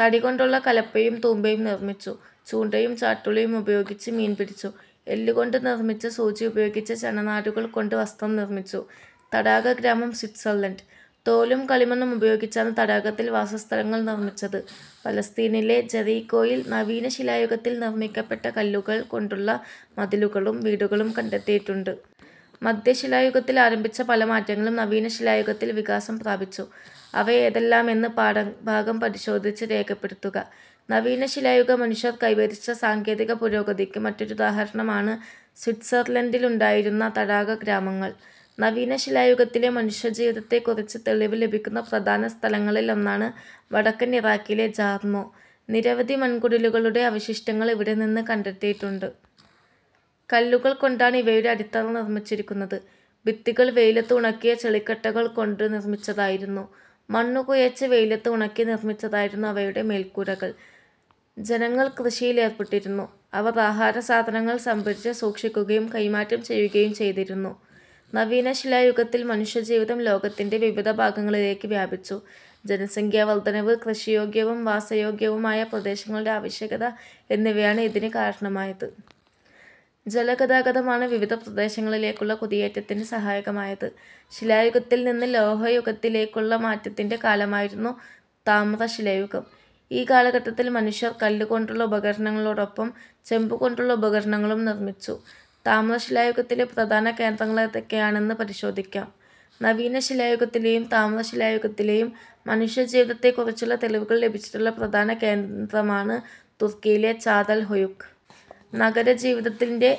തടികൊണ്ടുള്ള കലപ്പയും തൂമ്പയും നിർമ്മിച്ചു. ചൂണ്ടയും ചാട്ടുളിയും ഉപയോഗിച്ച് മീൻ പിടിച്ചു. എല്ലു കൊണ്ട് നിർമ്മിച്ച് സൂചി ഉപയോഗിച്ച് ചണ നാരുകൾ കൊണ്ട് വസ്ത്രം നിർമിച്ചു. തടാകഗ്രാമം സ്വിറ്റ്സർലണ്ട്. തോലും കളിമണ്ണും ഉപയോഗിച്ചാണ് തടാകത്തിൽ വാസസ്ഥലങ്ങൾ നിർമ്മിച്ചത്. പലസ്തീനിലെ ജെറീക്കോയിൽ നവീനശിലായുഗത്തിൽ നിർമ്മിക്കപ്പെട്ട കല്ലുകൾ കൊണ്ടുള്ള മതിലുകളും വീടുകളും കണ്ടെത്തിയിട്ടുണ്ട്. മധ്യശിലായുഗത്തിൽ ആരംഭിച്ച പല മാറ്റങ്ങളും നവീന ശിലായുഗത്തിൽ വികാസം പ്രാപിച്ചു. അവയേതെല്ലാമെന്ന് പാഠഭാഗം പരിശോധിച്ച് രേഖപ്പെടുത്തുക. നവീന ശിലായുഗ മനുഷ്യർ കൈവരിച്ച സാങ്കേതിക പുരോഗതിക്ക് മറ്റൊരുദാഹരണമാണ് സ്വിറ്റ്സർലണ്ടിലുണ്ടായിരുന്ന തടാകഗ്രാമങ്ങൾ. നവീന ശിലായുഗത്തിലെ മനുഷ്യജീവിതത്തെക്കുറിച്ച് തെളിവ് ലഭിക്കുന്ന പ്രധാന സ്ഥലങ്ങളിലൊന്നാണ് വടക്കൻ ഇറാക്കിലെ ജാർമൊ. നിരവധി മൺകുടിലുകളുടെ അവശിഷ്ടങ്ങൾ ഇവിടെ നിന്ന് കണ്ടെത്തിയിട്ടുണ്ട്. കല്ലുകൾകൊണ്ടാണ് ഇവയുടെ അടിത്തറ നിർമ്മിച്ചിരുന്നത്. ഭിത്തികൾ വെയിലത്ത് ഉണക്കിയ ചെളിക്കട്ടകൾ കൊണ്ട് നിർമ്മിച്ചതായിരുന്നു. മണ്ണ് കുഴച്ച് വെയിലത്ത് ഉണക്കി നിർമ്മിച്ചതായിരുന്നു അവയുടെ മേൽക്കൂരകൾ. ജനങ്ങൾ കൃഷിയിലേർപ്പെട്ടിരുന്നു. അവർ ആഹാരസാധനങ്ങൾ സംഭരിച്ച് സൂക്ഷിക്കുകയും കൈമാറ്റം ചെയ്യുകയും ചെയ്തിരുന്നു. നവീനശിലായുഗത്തിൽ മനുഷ്യജീവിതം ലോകത്തിന്റെ വിവിധ ഭാഗങ്ങളിലേക്ക് വ്യാപിച്ചു. ജനസംഖ്യാ വർദ്ധനവ്, കൃഷിയോഗ്യവും വാസയോഗ്യവുമായ പ്രദേശങ്ങളുടെ ആവശ്യകത എന്നിവയാണ് ഇതിന് കാരണമായത്. ജലഗതാഗതമാണ് വിവിധ പ്രദേശങ്ങളിലേക്കുള്ള കുടിയേറ്റത്തിന് സഹായകമായത്. ശിലായുഗത്തിൽനിന്ന് ലോഹയുഗത്തിലേക്കുള്ള മാറ്റത്തിന്റെ കാലമായിരുന്നു താമ്രശിലായുഗം. ഈ കാലഘട്ടത്തിൽ മനുഷ്യർ കല്ലു കൊണ്ടുള്ള ഉപകരണങ്ങളോടൊപ്പം ചെമ്പു കൊണ്ടുള്ള ഉപകരണങ്ങളും നിർമ്മിച്ചു. താമ്രശിലായുഗത്തിലെ പ്രധാന കേന്ദ്രങ്ങളേതൊക്കെയെന്ന് പരിശോധിക്കാം. നവീന ശിലായുഗത്തിലെയും താമ്രശിലായുഗത്തിലെയും മനുഷ്യ ജീവിതത്തെക്കുറിച്ചുള്ള തെളിവുകൾ ലഭിച്ചിട്ടുള്ള പ്രധാന കേന്ദമാണ് തുർക്കിയിലെ ചാതൽ ഹൊയുക്ക്. നഗരജീവിതത്തിന്റെ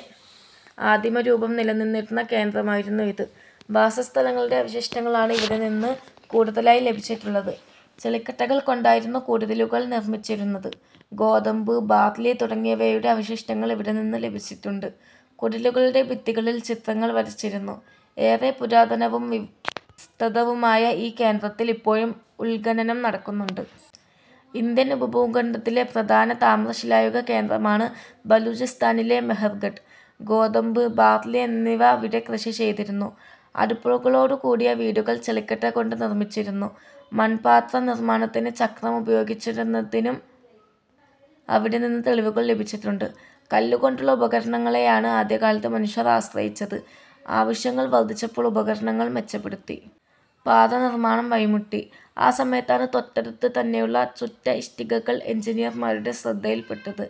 ആദിമ രൂപം നിലനിന്നിരുന്ന കേന്ദ്രമായിരുന്നു ഇത്. വാസസ്ഥലങ്ങളുടെ അവശിഷ്ടങ്ങളാണ് ഇവിടെനിന്ന് കൂടുതലായി ലഭിച്ചിട്ടുള്ളത്. ചെളിക്കട്ടകൾ കൊണ്ടായിരുന്നു കുടിലുകൾ നിർമ്മിച്ചിരുന്നത്. ഗോതമ്പ്, ബാർലി തുടങ്ങിയവയുടെ അവശിഷ്ടങ്ങൾ ഇവിടെ നിന്ന് ലഭിച്ചിട്ടുണ്ട്. കുടിലുകളുടെ ഭിത്തികളിൽ ചിത്രങ്ങൾ വരച്ചിരുന്നു. ഏറെ പുരാതനവും വിസ്തതവുമായ ഈ കേന്ദ്രത്തിൽ ഇപ്പോഴും ഉത്ഖനനം നടക്കുന്നുണ്ട്. ഇന്ത്യൻ ഉപഭൂഖണ്ഡത്തിലെ പ്രധാന താമ്രശിലായുഗ കേന്ദ്രമാണ് ബലൂചിസ്ഥാനിലെ മെഹർഗഡ്, ഗോതമ്പ്, ബാർലി എന്നിവ അവിടെ കൃഷി ചെയ്തിരുന്നു. അടുപ്പുകളോടുകൂടിയ വീടുകൾ ചെളിക്കട്ട കൊണ്ട് നിർമ്മിച്ചിരുന്നു. മൺപാത്ര നിർമ്മാണത്തിന് ചക്രം ഉപയോഗിച്ചിരുന്നതിനും അവിടെനിന്ന് തെളിവുകൾ ലഭിച്ചിട്ടുണ്ട്. കല്ലുകൊണ്ടുള്ള ഉപകരണങ്ങളെയാണ് ആദ്യകാലത്ത് മനുഷ്യർ ആശ്രയിച്ചത്. ആവശ്യങ്ങൾ വർദ്ധിച്ചപ്പോൾ ഉപകരണങ്ങൾ മെച്ചപ്പെടുത്തി. പാത നിർമ്മാണം വഴിമുട്ടി. ആ സമയത്താണ് തൊട്ടടുത്തു തന്നെയുള്ള ചുട്ട ഇഷ്ടികകൾ എഞ്ചിനീയർമാരുടെ ശ്രദ്ധയിൽപ്പെട്ടത്.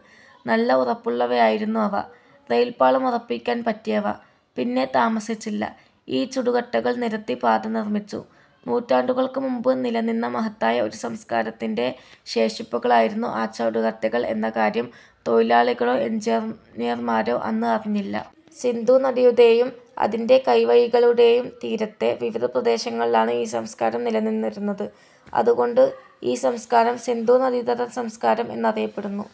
നല്ല ഉറപ്പുളളവയായിരുന്നു അവ. റയിൽപ്പാളം ഉറപ്പിക്കാൻ പറ്റിയവ. പിന്നെ താമസിച്ചില്ല ഈ ചുടുകട്ടകൾ നിരത്തി പാത നിർമ്മിച്ചു. നൂറ്റാണ്ടുകൾക്ക് മുമ്പ് നിലനിന്ന മഹത്തായ ഒരു സംസ്കാരത്തിന്റെ ശേഷിപ്പുകളായിരുന്നു ആ ചുടുകട്ടകൾ എന്ന കാര്യം തൊഴിലാളികളോ എഞ്ചിനീയർമാരോ അന്ന് അറിഞ്ഞില്ല. സിന്ധു നദിയുടെയും അതിന്റെ കൈവഴികളുടെയും തീരത്തെ വിവിധ പ്രദേശങ്ങളിലാണ് ഈ സംസ്കാരം നില നിന്നിരുന്നത്. അതുകൊണ്ട് ഈ സംസ്കാരം സിന്ധു നദീതട സംസ്കാരം എന്നറിയപ്പെടുന്നു.